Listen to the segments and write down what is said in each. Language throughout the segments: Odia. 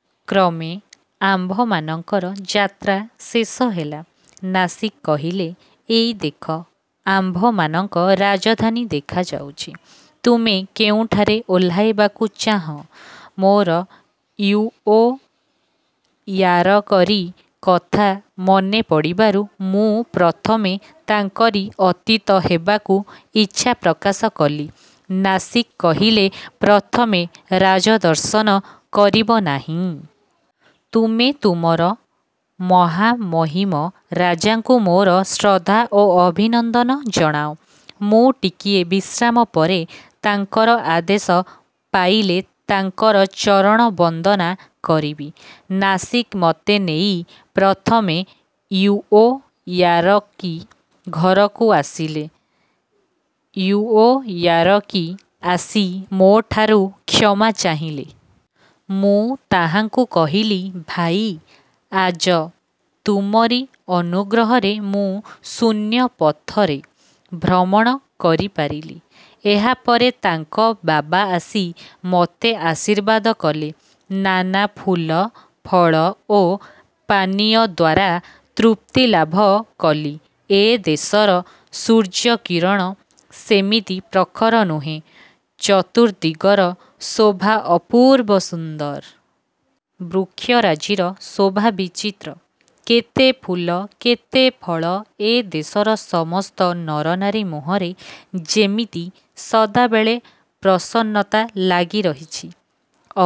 '' କ୍ରମେ ଆମ୍ଭମାନଙ୍କର ଯାତ୍ରା ଶେଷ ହେଲା। ନାସିଗ୍ କହିଲେ, ''ଏଇ ଦେଖ ଆମ୍ଭମାନଙ୍କ ରାଜଧାନୀ ଦେଖାଯାଉଛି। ତୁମେ କେଉଁଠାରେ ଓହ୍ଲାଇବାକୁ ଚାହଁ। '' ମୋର ଇଉଓୟାରକିର କଥା ମନେପଡ଼ିବାରୁ ମୁଁ ପ୍ରଥମେ ତାଙ୍କରି ଅତିଥି ହେବାକୁ ଇଚ୍ଛା ପ୍ରକାଶ କଲି। ନାସିଗ୍ କହିଲେ, ''ପ୍ରଥମେ ରାଜଦର୍ଶନ କରିବ ନାହିଁ? '' ତୁମେ ତୁମର ମହାମହିମ ରାଜାଙ୍କୁ ମୋର ଶ୍ରଦ୍ଧା ଓ ଅଭିନନ୍ଦନ ଜଣାଅ। ମୁଁ ଟିକିଏ ବିଶ୍ରାମ ପରେ ତାଙ୍କର ଆଦେଶ ପାଇଲେ ତାଙ୍କର ଚରଣ ବନ୍ଦନା କରିବି। ନାସିଗ୍ ମୋତେ ନେଇ ପ୍ରଥମେ ଇଉଓୟାରକି ଘରକୁ ଆସିଲେ। ଇଉଓୟାରକି ଆସି ମୋ'ଠାରୁ କ୍ଷମା ଚାହିଁଲେ। ମୁଁ ତାହାଙ୍କୁ କହିଲି, ''ଭାଇ, ଆଜ ତୁମରି ଅନୁଗ୍ରହରେ ମୁଁ ଶୂନ୍ୟପଥରେ ଭ୍ରମଣ କରିପାରିଲି। '' ଏହାପରେ ତାଙ୍କ ବାବା ଆସି ମୋତେ ଆଶୀର୍ବାଦ କଲେ। ନାନା ଫୁଲ, ଫଳ ଓ ପାନୀୟଦ୍ୱାରା ତୃପ୍ତିଲାଭ କଲି। ଏ ଦେଶର ସୂର୍ଯ୍ୟକିରଣ ସେମିତି ପ୍ରଖର ନୁହେଁ। ଚତୁର୍ଦ୍ଦିଗର ଶୋଭା ଅପୂର୍ବ ସୁନ୍ଦର। ବୃକ୍ଷରାଜିର ଶୋଭା ବିଚିତ୍ର, କେତେ ଫୁଲ କେତେ ଫଳ। ଏ ଦେଶର ସମସ୍ତ ନରନାରୀ ମୁହଁରେ ଯେମିତି ସଦାବେଳେ ପ୍ରସନ୍ନତା ଲାଗି ରହିଛି।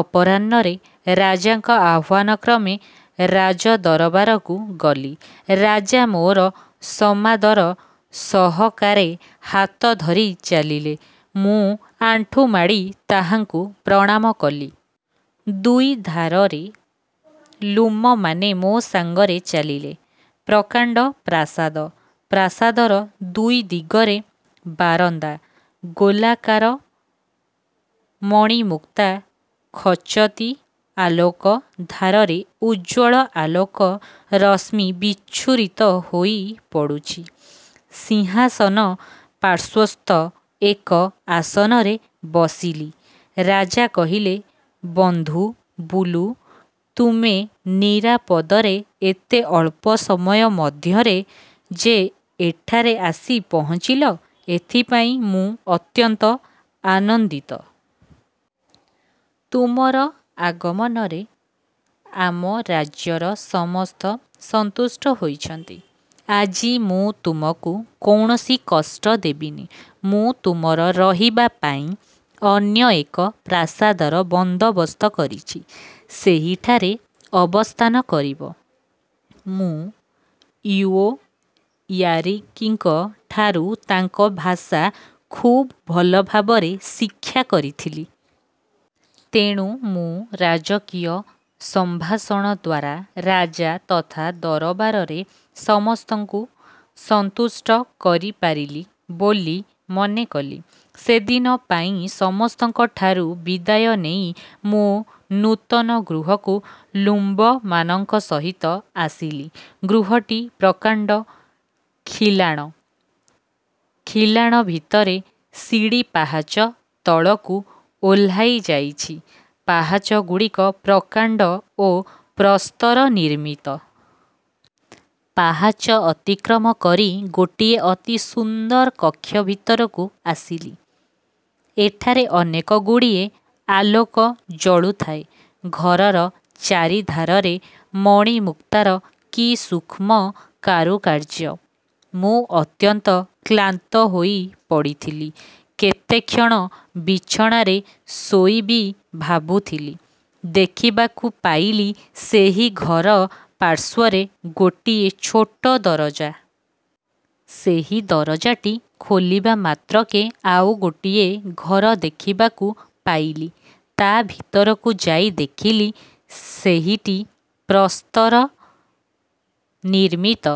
ଅପରାହ୍ନରେ ରାଜାଙ୍କ ଆହ୍ୱାନ କ୍ରମେ ରାଜଦରବାରକୁ ଗଲି। ରାଜା ମୋର ସମାଦର ସହକାରେ ହାତ ଧରି ଚାଲିଲେ। ମୁଁ ଆଣ୍ଠୁମାଡ଼ି ତାହାଙ୍କୁ ପ୍ରଣାମ କଲି। ଦୁଇଧାରରେ ଲ୍ଲୁମମାନେ ମୋ ସଙ୍ଗରେ ଚାଲିଲେ। ପ୍ରକାଣ୍ଡ ପ୍ରାସାଦ। ପ୍ରାସାଦର ଦୁଇ ଦିଗରେ ବାରନ୍ଦା। ଗୋଲାକାର ମଣିମୁକ୍ତା ଖଚତି ଆଲୋକ ଧାରରେ ଉଜ୍ଜ୍ୱଳ ଆଲୋକ ରଶ୍ମି ବିଚ୍ଛୁରିତ ହୋଇପଡ଼ୁଛି। ସିଂହାସନ ପାର୍ଶ୍ୱସ୍ଥ ଏକ ଆସନରେ ବସିଲି। ରାଜା କହିଲେ, ''ବନ୍ଧୁ ବୁଲୁ! ତୁମେ ନିରାପଦରେ ଏତେ ଅଳ୍ପ ସମୟ ମଧ୍ୟରେ ଯେ ଏଠାରେ ଆସି ପହଞ୍ଚିଲ, ଏଥିପାଇଁ ମୁଁ ଅତ୍ୟନ୍ତ ଆନନ୍ଦିତ। ତୁମର ଆଗମନରେ ଆମ ରାଜ୍ୟର ସମସ୍ତେ ସନ୍ତୁଷ୍ଟ ହୋଇଛନ୍ତି। ଆଜି ମୁଁ ତୁମକୁ କୌଣସି କଷ୍ଟ ଦେବିନି। ମୁଁ ତୁମର ରହିବାପାଇଁ ଅନ୍ୟ ଏକ ପ୍ରାସାଦର ବନ୍ଦୋବସ୍ତ କରିଛି ସେହିଠାରେ ଅବସ୍ଥାନ କରିବ। ମୁଁ ଇଉଓୟାରକିଙ୍କ ଠାରୁ ତାଙ୍କ ଭାଷା ଖୁବ୍ ଭଲଭାବରେ ଶିକ୍ଷା କରିଥିଲି। ତେଣୁ ମୁଁ ରାଜକୀୟ ସମ୍ଭାଷଣଦ୍ୱାରା ରଜା ତଥା ଦରବାରରେ ସମସ୍ତଙ୍କୁ ସନ୍ତୁଷ୍ଟ କରିପାରିଲି ବୋଲି ମନେକଲି। ସେଦିନ ପାଇଁ ସମସ୍ତଙ୍କଠାରୁ ବିଦାୟ ନେଇ ମୋ ନୂତନ ଗୃହକୁ ଲ୍ଲୁମମାନଙ୍କ ସହିତ ଆସିଲି। ଗୃହଟି ପ୍ରକାଣ୍ଡ ଖିଲାଣ। ଖିଲାଣ ଭିତରେ ସିଡ଼ି ପାହାଚ ତଳକୁ ଓହ୍ଲାଇଯାଇଛି। ପାହାଚଗୁଡ଼ିକ ପ୍ରକାଣ୍ଡ ଓ ପ୍ରସ୍ତର ନିର୍ମିତ। ପାହାଚ ଅତିକ୍ରମ କରି ଗୋଟିଏ ଅତି ସୁନ୍ଦର କକ୍ଷ ଭିତରକୁ ଆସିଲି। ଏଠାରେ ଅନେକଗୁଡ଼ିଏ ଆଲୋକ ଜଳୁଥାଏ। ଘରର ଚାରିଧାରରେ ମଣିମୁକ୍ତାର କି ସୂକ୍ଷ୍ମ କାରୁକାର୍ଯ୍ୟ। ମୁଁ ଅତ୍ୟନ୍ତ କ୍ଳାନ୍ତ ହୋଇପଡ଼ିଥିଲି। କେତେକ୍ଷଣ ବିଛଣାରେ ଶୋଇ ବି ଭାବୁଥିଲି। ଦେଖିବାକୁ ପାଇଲି ସେହି ଘର ପାର୍ଶ୍ୱରେ ଗୋଟିଏ ଛୋଟ ଦରଜା। ସେହି ଦରଜାଟି ଖୋଲିବା ମାତ୍ରକେ ଆଉ ଗୋଟିଏ ଘର ଦେଖିବାକୁ ପାଇଲି। ତା' ଭିତରକୁ ଯାଇ ଦେଖିଲି, ସେହିଟି ପ୍ରସ୍ତର ନିର୍ମିତ।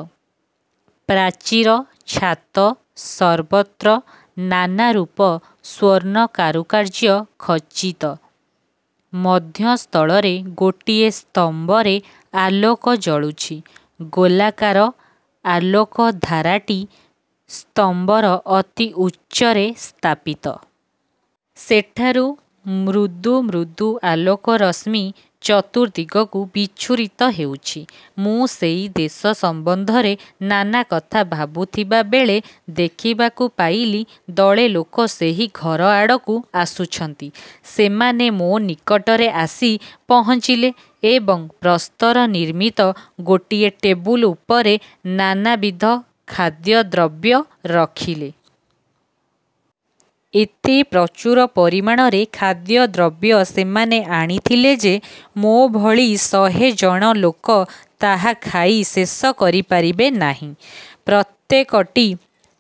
ପ୍ରାଚୀର, ଛାତ ସର୍ବତ୍ର ନାନାରୂପ ସ୍ୱର୍ଣ୍ଣ କାରୁକାର୍ଯ୍ୟ ଖଚିତ। ମଧ୍ୟସ୍ଥଳରେ ଗୋଟିଏ ସ୍ତମ୍ଭରେ ଆଲୋକ ଜଳୁଛି। ଗୋଲାକାର ଆଲୋକଧାରାଟି ସ୍ତମ୍ଭର ଅତି ଉଚ୍ଚରେ ସ୍ଥାପିତ। ସେଠାରୁ ମୃଦୁ ମୃଦୁ ଆଲୋକ ରଶ୍ମି ଚତୁର୍ଦ୍ଦିଗକୁ ବିଚ୍ଛୁରିତ ହେଉଛି। ମୁଁ ସେଇ ଦେଶ ସମ୍ବନ୍ଧରେ ନାନା କଥା ଭାବୁଥିବାବେଳେ ଦେଖିବାକୁ ପାଇଲି ଦଳେ ଲୋକ ସେହି ଘର ଆଡ଼କୁ ଆସୁଛନ୍ତି। ସେମାନେ ମୋ ନିକଟରେ ଆସି ପହଞ୍ଚିଲେ ଏବଂ ପ୍ରସ୍ତର ନିର୍ମିତ ଗୋଟିଏ ଟେବୁଲ ଉପରେ ନାନାବିଧ ଖାଦ୍ୟଦ୍ରବ୍ୟ ରଖିଲେ। ଏତେ ପ୍ରଚୁର ପରିମାଣର ଖାଦ୍ୟଦ୍ରବ୍ୟ ସେମାନେ ଆଣିଥିଲେ ଯେ, ମୋ'ଭଳି ଶହେ ଜଣ ଲୋକ ତାହା ଖାଇ ଶେଷ କରିପାରିବେ ନାହିଁ। ପ୍ରତ୍ୟେକଟି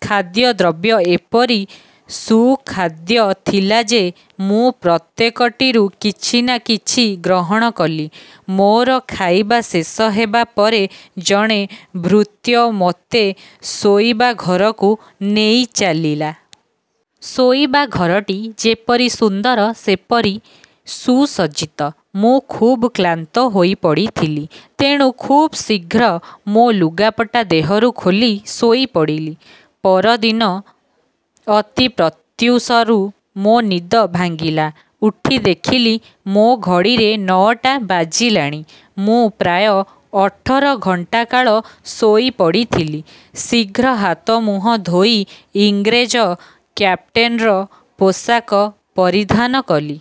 ଖାଦ୍ୟଦ୍ରବ୍ୟ ଏପରି ସୁଖାଦ୍ୟ ଥିଲା ଯେ, ମୁଁ ପ୍ରତ୍ୟେକଟିରୁ କିଛି ନାନା କିଛି ଗ୍ରହଣ କଲି। ମୋର ଖାଇବା ଶେଷ ହେବା ପରେ ଜଣେ ଭୃତ୍ୟ ମୋତେ ଶୋଇବା ଘରକୁ ନେଇଚାଲିଲା। ଶୋଇବା ଘରଟି ଯେପରି ସୁନ୍ଦର ସେପରି ସୁସଜ୍ଜିତ। ମୁଁ ଖୁବ୍ କ୍ଳାନ୍ତ ହୋଇପଡ଼ିଥିଲି। ତେଣୁ ଖୁବ୍ ଶୀଘ୍ର ମୋ ଲୁଗାପଟା ଦେହରୁ ଖୋଲି ଶୋଇପଡ଼ିଲି। ପରଦିନ ଅତି ପ୍ରତ୍ୟୁଷରୁ ମୋ ନିଦ ଭାଙ୍ଗିଲା। ଉଠି ଦେଖିଲି, ମୋ ଘଡ଼ିରେ ନଅଟା ବାଜିଲାଣି। ମୁଁ ପ୍ରାୟ ଅଠର ଘଣ୍ଟା କାଳ ଶୋଇପଡ଼ିଥିଲି। ଶୀଘ୍ର ହାତ ମୁହଁ ଧୋଇ ଇଂରେଜ କାପ୍ଟେନର ପୋଷାକ ପରିଧାନ କଲି।